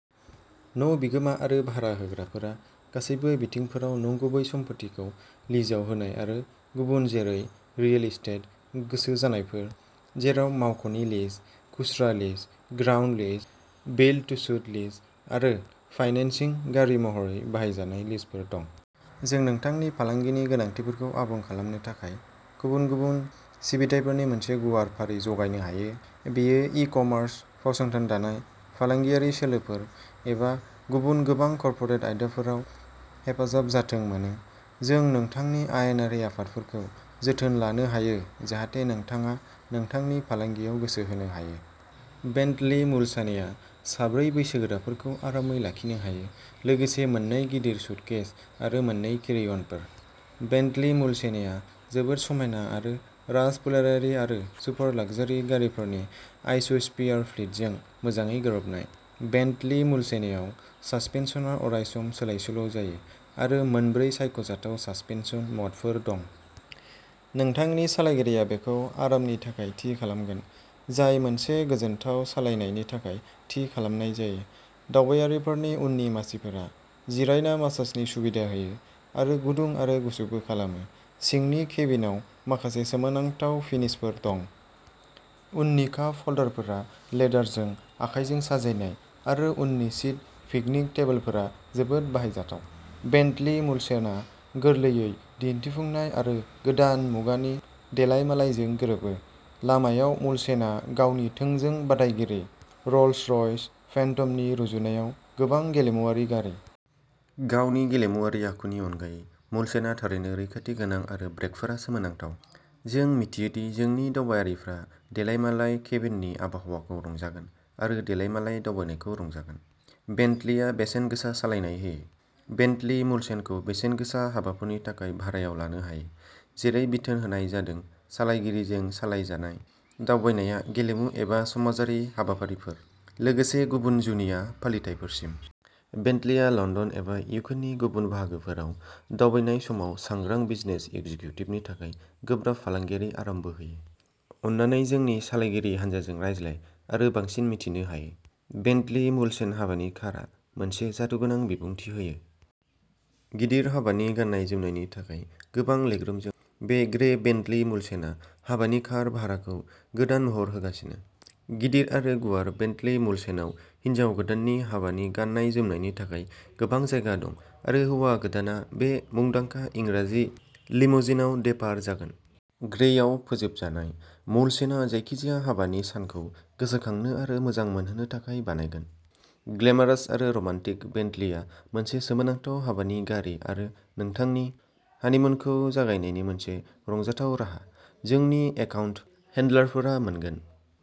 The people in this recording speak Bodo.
न' बिगोमा आरो भारा होग्राफोरा गासैबो बिथिंफोराव नंगुबै सम्फथिखौ लिजआव होनाय आरो गुबुन जेरै रियेल एस्टेटनि गोसो जानायफोर, जेराव मावख'नि लिज, खुस्रा lease, ground lease, build to suit lease आरो फाइनेन्सिं गारि महरै बाहाय जानाय लिजफोर दं। जों नोंथांनि फालांगिनि गोनांथिफोरखौ आबुं खालामनो थाखाय गुबुन गुबुन सिबिथाइफोरनि मोनसे गुवार फारि जगायनो हायो। बेयो इ-कमार्स, फसंथान दानाय, फालांगियारि सोलोफोर, एबा गुबुन गोबां कर्परेट आयदाफोराव हेफाजाब जाथों मानो, जों नोंथांनि आयेनारि आयदाफोरखौ जोथोन लानो हायो जाहाथे नोंथाङा नोंथांनि फालांगियाव गोसो होनो हायो। बेन्टलि मुलसानेआ सा ब्रै बैसोगोराफोरखौ आरामै लाखिनो हायो लोगोसे मोन नै गिदिर सुटकेस आरो मोन नै केरि-अनफोर। बेन्टलि मुलसेनेआ जोबोद समायना आरो राजफोलेरारि आरो सुपार-लक्जारि गारिफोरनि आइच'फियार फ्लीटजों मोजाङै गोरोबनाय। बेन्टलि मुलसेनेआव सासपेनसनआ अरायसम सोलायसोल' जायो आरो मोनब्रै सायख'जाथाव सासपेनसन मोडफोर दं। नोंथांनि सालायगिरिया बेखौ आरामनि थाखाय थि खालामगोन, जाय मोनसे गोजोनथाव सालायनायनि थाखाय थि खालामनाय जायो। दावबायारिफोरनि उननि मासिफोरा। जिरायना मसाजनि सुबिदा होयो आरो गुदुं आरो गुसुबो खालामो। सिंनि केबिनआव माखासे सोमोनांथाव फिनिशफोर दं। उननि काप ह'ल्डारफोरा लेदारजों आखायजों साजायनाय आरो उननि सिट पिकनिक टेबोलफोरा जोबोद बाहायजाथाव। बेन्टलि मुलसेनआ गोरलैयै दिन्थिफुंनाय आरो गोदान मुगानि देलायमालायजों गोरोबो। लामायाव, मुलसेनआ गावनि थोंजों बादायगिरि, र'ल्स-र'यस फेन्टमनि रुजुनायाव गोबां गेलेमुआरि गारि। गावनि गेलेमुआरि आखुनि अनगायै मुलसेनआ थारैनो रैखाथि गोनां आरो ब्रेकफोरा सोमोनांथाव। जों मिथियो दि जोंनि दावबायारिफ्रा देलायमालाय केबिननि आबहावाखौ रंजागोन आरो देलायमालाय दावबायनायखौ रंजागोन। बेन्टलिआ बेसेन गोसा सालायनाय होयो। बेन्टलि मुलसेनखौ बेसेन गोसा हाबाफोरनि थाखाय भारायाव लानो हायो, जेरै बिथोन होनाय जादों सालायगिरिजों सालायजानाय दावबायनाया गेलेमु एबा समाजारि हाबाफारिफोर, लोगोसे गुबुन जुनिया फालिथायफोरसिम। बेन्टलिआ लन्दन एबा इउकेनि गुबुन बाहागोफोराव दावबायनाय समाव सांग्रां बिजनेस एक्जिक्युटिभनि थाखाय गोब्राब फालांगियारि आरामबो होयो। अन्नानै जोंनि सालायगिरि हानजाजों रायज्लाय आरो बांसिन मिथिनो हायो। बेन्टलि मुलसेन हाबानि कारआ मोनसे जादुगोनां बिबुंथि होयो। गिदिर हाबानि गाननाय-जोमनायनि थाखाय गोबां लेगरुमजों, बे ग्रे बेन्टलि मुलसेनआ हाबानि कार भाराखौ गोदान महर होगासिनो। गिदिर आरो गुवार बेन्टलि मुलसेनआव हिन्जाव गोदाननि हाबानि गाननाय-जोमनायनि थाखाय गोबां जायगा दं आरो हौवा गोदानआ बे मुंदांखा इंराजि लिम'सिनआव देपार जागोन। ग्रेआव फोजोबजानाय, मुलसेनआ जायखिजाया हाबानि सानखौ गोसोखांनो आरो मोजां मोनहोनो थाखाय बानायगोन। ग्लेमारास आरो रमान्टिक बेन्टलिआ मोनसे सोमोनांथाव हाबानि गारि आरो नोंथांनि हनिमुनखौ जागायनायनि मोनसे रंजाथाव राहा। जोंनि एकाउन्ट हेन्डलारफोरा मोनगोन।